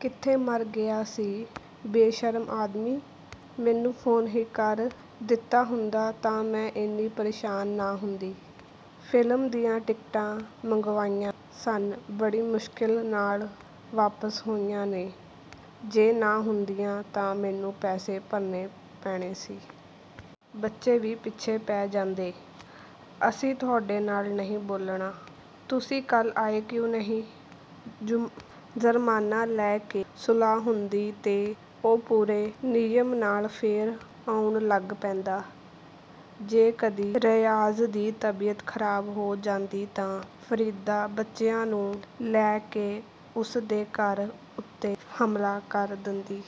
ਕਿੱਥੇ ਮਰ ਗਿਆ ਸੀ, ਬੇਸ਼ਰਮ ਆਦਮੀ! ਮੈਨੂੰ ਫ਼ੋਨ ਹੀ ਕਰ ਦਿੱਤਾ ਹੁੰਦਾ ਤਾਂ ਮੈਂ ਏਨੀ ਪਰੇਸ਼ਾਨ ਨਾ ਹੁੰਦੀ। ਫ਼ਿਲਮ ਦੀਆਂ ਟਿਕਟਾਂ ਮੰਗਵਾਈਆਂ ਸਨ, ਬੜੀ ਮੁਸ਼ਕਿਲ ਨਾਲ ਵਾਪਿਸ ਹੋਈਆਂ ਨੇ-- ਜੇ ਨਾ ਹੁੰਦੀਆਂ ਤਾਂ ਮੈਨੂੰ ਨੂੰ ਪੈਸੇ ਭਰਨੇ ਪੈਣੇ ਸੀ। ਬੱਚੇ ਵੀ ਪਿੱਛੇ ਪੈ ਜਾਂਦੇ -- 'ਅਸੀਂ ਤੁਹਾਡੇ ਨਾਲ ਨਹੀਂ ਬੋਲਣਾ, ਤੁਸੀਂ ਕੱਲ੍ਹ ਆਏ ਕਿਉਂ ਨਹੀਂ?' ਜੁਰਮਾਨਾ ਲੈ ਕੇ ਸੁਲਾਹ ਹੁੰਦੀ ਤੇ ਉਹ ਪੂਰੇ ਨਿਯਮ ਨਾਲ ਫੇਰ ਆਉਣ ਲੱਗ ਪੈਂਦਾ। ਜੇ ਕਦੀ ਰਿਆਜ਼ ਦੀ ਤਬੀਅਤ ਖਰਾਬ ਹੋ ਜਾਂਦੀ ਤਾਂ ਫਰੀਦਾ ਬੱਚਿਆਂ ਨੂੰ ਲੈ ਕੇ ਉਸ ਦੇ ਘਰ ਉੱਤੇ ਹਮਲਾ ਕਰ ਦੇਂਦੀ।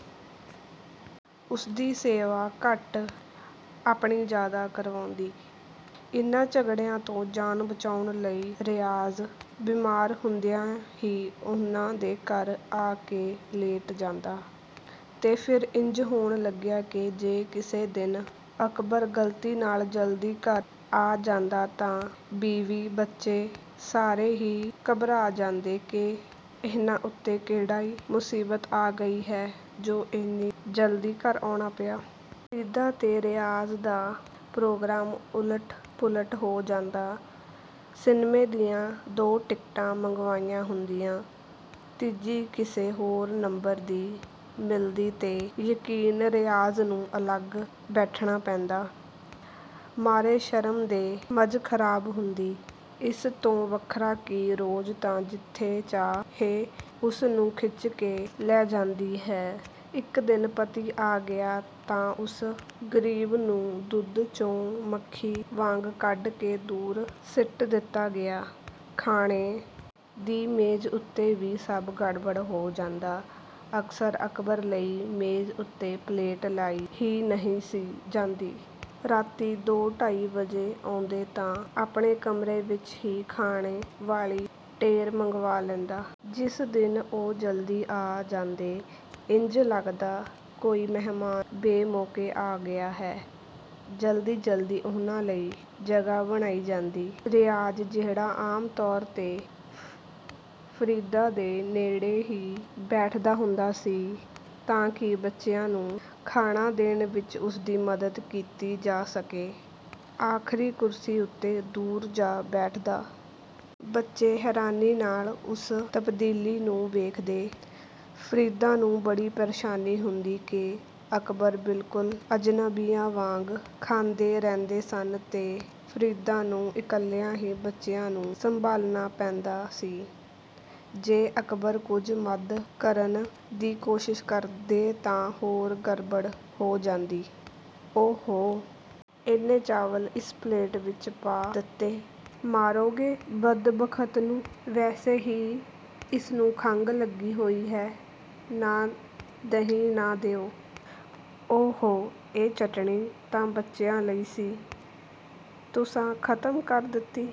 ਉਸਦੀ ਸੇਵਾ ਘੱਟ, ਆਪਣੀ ਜ਼ਿਆਦਾ ਕਰਵਾਉਂਦੀ। ਇਹਨਾਂ ਝਗੜਿਆਂ ਤੋਂ ਜਾਨ ਬਚਾਉਣ ਲਈ ਰਿਆਜ਼ ਬਿਮਾਰ ਹੁੰਦਿਆਂ ਹੀ ਉਹਨਾਂ ਦੇ ਘਰ ਆ ਕੇ ਲੇਟ ਜਾਂਦਾ। ਤੇ ਫੇਰ ਇੰਜ ਹੋਣ ਲੱਗਿਆ ਕਿ ਜੇ ਕਿਸੇ ਦਿਨ ਅਕਬਰ ਗਲਤੀ ਨਾਲ ਜਲਦੀ ਘਰ ਆ ਜਾਂਦੇ ਤਾਂ ਬੀਵੀ ਬੱਚੇ ਸਾਰੇ ਹੀ ਘਬਰਾ ਜਾਂਦੇ ਕਿ 'ਇਹਨਾਂ ਉੱਤੇ ਕਿਹੜੀ ਮੁਸੀਬਤ ਆ ਗਈ ਹੈ ਜੋ ਏਨੀ ਜਲਦੀ ਘਰ ਆਉਣਾ ਪਿਆ?' ਫਰੀਦਾ ਤੇ ਰਿਆਜ਼ ਦਾ ਪ੍ਰੋਗਰਾਮ ਉਲਟ-ਪੁਲਟ ਹੋ ਜਾਂਦਾ --ਸਿਨੇਮੇ ਦੀਆਂ ਦੋ ਟਿਕਟ ਮੰਗਵਾਈਆਂ ਹੁੰਦੀਆਂ, ਤੀਜੀ ਕਿਸੇ ਹੋਰ ਨੰਬਰ ਦੀ ਮਿਲਦੀ ਤੇ ਯਕੀਨ ਰਿਆਜ਼ ਨੂੰ ਅਲੱਗ ਬੈਠਣਾ ਪੈਂਦਾ। ਮਾਰੇ ਸ਼ਰਮ ਦੇ ਮਜ਼ ਖਰਾਬ ਹੁੰਦਾ, ਇਸ ਤੋਂ ਵੱਖਰਾ ਕਿ ਰੋਜ਼ ਤਾਂ ਜਿੱਥੇ ਚਾਹੇ ਉਸ ਨੂੰ ਖਿੱਚ ਕੇ ਲੈ ਜਾਂਦੀ ਹੈ, ਇੱਕ ਦਿਨ ਪਤੀ ਆ ਗਿਆ ਤਾਂ ਉਸ ਗਰੀਬ ਨੂੰ ਦੁੱਧ 'ਚੋਂ ਮੱਖੀ ਵਾਂਗ ਕੱਢ ਕੇ ਦੂਰ ਸੁੱਟ ਦਿੱਤਾ ਗਿਆ। ਖਾਣੇ ਦੀ ਮੇਜ਼ ਉੱਤੇ ਵੀ ਸਭ ਗੜਬੜ ਹੋ ਜਾਂਦਾ --ਅਕਸਰ, ਅਕਬਰ ਲਈ ਮੇਜ਼ ਉੱਤੇ ਪਲੇਟ ਲਾਈ ਹੀ ਨਹੀਂ ਸੀ ਜਾਂਦੀ। ਰਾਤੀਂ ਦੋ ਢਾਈ ਵਜੇ ਆਉਂਦੇ ਤਾਂ ਆਪਣੇ ਕਮਰੇ ਵਿੱਚ ਹੀ ਖਾਣੇ ਵਾਲੀ ਟੇਰ ਮੰਗਵਾ ਲੈਂਦੇ। ਜਿਸ ਦਿਨ ਉਹ ਜਲਦੀ ਆ ਜਾਂਦੇ, ਇੰਜ ਲੱਗਦਾ ਕੋਈ ਮਹਿਮਾਨ ਬੇਮੌਕੇ ਆ ਗਿਆ ਹੈ। ਜਲਦੀ-ਜਲਦੀ ਉਹਨਾਂ ਲਈ ਜਗ੍ਹਾ ਬਣਾਈ ਜਾਂਦੀ --ਰਿਆਜ਼ ਜਿਹੜਾ ਆਮ ਤੌਰ 'ਤੇ ਫਰੀਦਾ ਦੇ ਨੇੜੇ ਹੀ ਬੈਠਦਾ ਹੁੰਦਾ ਸੀ ਤਾਂਕਿ ਬੱਚਿਆਂ ਨੂੰ ਖਾਣਾ ਦੇਣ ਵਿੱਚ ਉਸਦੀ ਮਦਦ ਕੀਤੀ ਜਾ ਸਕੇ, ਆਖ਼ਰੀ ਕੁਰਸੀ ਉੱਤੇ, ਦੂਰ ਜਾ ਬੈਠਦਾ। ਬੱਚੇ ਹੈਰਾਨੀ ਨਾਲ ਉਸ ਤਬਦੀਲੀ ਨੂੰ ਵੇਖਦੇ। ਫਰੀਦਾ ਨੂੰ ਬੜੀ ਪਰੇਸ਼ਾਨੀ ਹੁੰਦੀ ਕਿ, ਅਕਬਰ ਬਿਲਕੁਲ ਅਜਨਬੀਆਂ ਵਾਂਗ ਖਾਂਦੇ ਰਹਿੰਦੇ ਸਨ ਤੇ ਫਰੀਦਾ ਨੂੰ ਇਕੱਲਿਆਂ ਹੀ ਬੱਚਿਆਂ ਨੂੰ ਸੰਭਾਲਣਾ ਪੈਂਦਾ ਸੀ। ਜੇ ਅਕਬਰ ਕੁਝ ਮਦ ਕਰਨ ਦੀ ਕੋਸ਼ਿਸ਼ ਕਰਦੇ ਤਾਂ ਹੋਰ ਗੜਬੜ ਹੋ ਜਾਂਦੀ --"ਓ-ਹੋ! ਏਨੇ ਚਾਵਲ ਇਸ ਦੀ ਪਲੇਟ ਵਿੱਚ ਪਾ ਦਿੱਤੇ-- ਮਾਰੋਗੇ ਬਦਬਖ਼ਤ ਨੂੰ। ਵੈਸੇ ਹੀ ਇਹਨੂੰ ਖੰਘ ਲੱਗੀ ਹੋਈ ਹੈ। ਨਾ, ਦਹੀਂ ਨਾ ਦਿਓ। ਓ-ਹੋ ਇਹ ਚਟਨੀ ਤਾਂ ਬੱਚਿਆਂ ਲਈ ਸੀ --ਤੁਸਾਂ ਖਤਮ ਕਰ ਦਿੱਤੀ।"